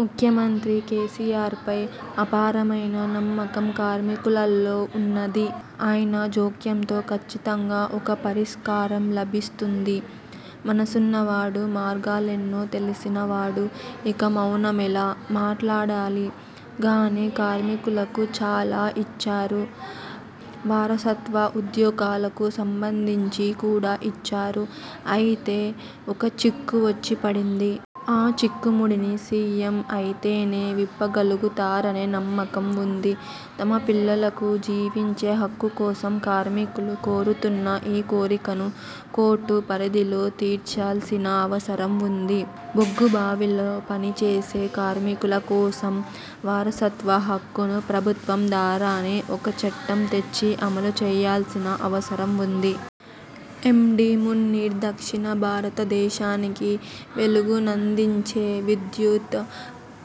ముఖ్యమంత్రి కేసీఆర్పై అపారమైన నమ్మకం కార్మికులలో ఉన్నది. ఆయన జోక్యంతో ఖచ్చితంగా ఒక పరిష్కారం లభిస్తుంది. మనసున్నవాడు మార్గాలెన్నో తెలిసిన వాడు, ఇంకా మౌనమేలా? మాట్లాడాలి. గని కార్మికులకు చాలా ఇచ్చారు. వారసత్వ ఉద్యోగాలకు సంబంధించి కూడా ఇచ్చారు. అయితే ఒక చిక్కు వచ్చి పడింది. ఆ చిక్కుముడిని సీఎం అయితేనే విప్పగలుగుతారనే నమ్మకం ఉంది. తమ పిల్లలకు జీవించే హక్కు కోసం కార్మికులు కోరుతున్న ఈ కోరికను కోర్టు పరిధిలో తీర్చాల్సిన అవసరం ఉంది. బొగ్గుబావుల్లో పనిచేసే కార్మికుల కోసం వారసత్వ హక్కును ప్రభుత్వం ద్వారానే ఒక చట్టం తెచ్చి అమలుచేయాల్సిన అవసరం ఉంది. ఎండీ. మునీర్ దక్షిణ భారతదేశానికి వెలుగునందించే విద్యుత్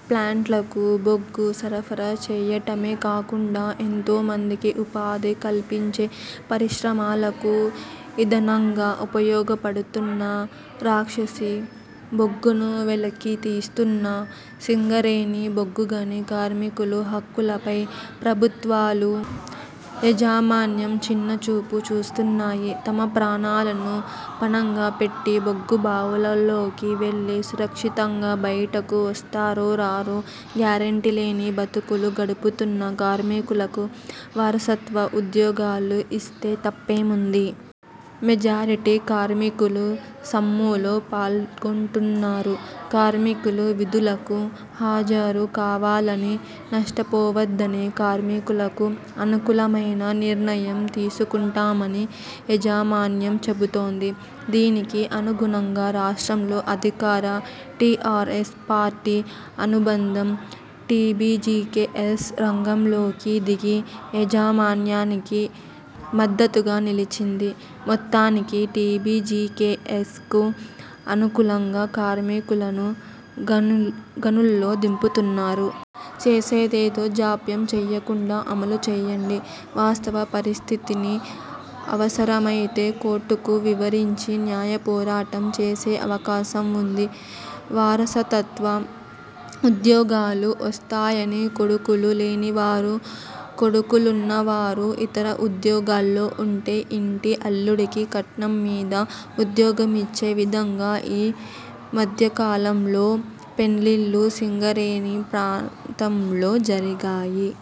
ప్లాంట్లకు బొగ్గు సరఫరా చేయడమే కాకుండా, ఎంతో మందికి ఉపాధి కల్పించే పరిశ్రమలకు ఇధనంగా ఉపయోగపడుతున్న రాక్షసి బొగ్గును వెలికితీస్తున్న సింగరేణి బొగ్గుగని కార్మికుల హక్కులపై ప్రభుత్వాలు, యాజమాన్యం చిన్నచూపు చూస్తున్నాయి. తమ ప్రాణాలను పణంగా పెట్టి బొగ్గుబావులల్లోకి వెళ్ళి సురక్షితంగా బయటకు వస్తారో రారో గ్యారంటీ లేని బతుకులు గడుపుతున్న కార్మికులకు వారసత్వ ఉద్యోగాలు ఇస్తే తప్పేముంది? మెజారిటీ కార్మికులు సమ్మెలో పాల్గొంటున్నారు. కార్మికులు విధులకు హాజరు కావాలని, నష్టపోవద్దని, కార్మికులకు అనుకూలమైన నిర్ణయం తీసుకుంటామని యాజ మాన్యం చెబుతోంది. దీనికి అనుగుణంగా రాష్ట్రంలో అధికార టీఆర్ఎస్ పార్టీ అనుబంధ టీబీజీకేఎస్ రంగంలోకి దిగి యాజమాన్యానికి మద్దతుగా నిలిచింది. మొత్తానికి టీబీజీకేఎస్కు అనుకూల కార్మికులను గనుల్లో దింపుతున్నారు. చేసేదేదో జాప్యం చేయకుండా అమలు చేయండి. వాస్తవ పరిస్థితిని అవసరమైతే కోర్టుకు వివరించి న్యాయపోరాటం చేసే అవకాశం ఉంది. వారసత్వ ఉద్యోగాలు వస్తున్నాయని కొడుకులు లేని వారు, కొడుకులున్నా వారు ఇతర ఉద్యోగాల్లో ఉంటే, ఇంటి అల్లుడికి కట్నం కింద ఉద్యోగమిచ్చే విధంగా ఈ మధ్యకాలంలో పెండ్లిళ్ళు సింగరేణి ప్రాంతంలో జరిగాయి.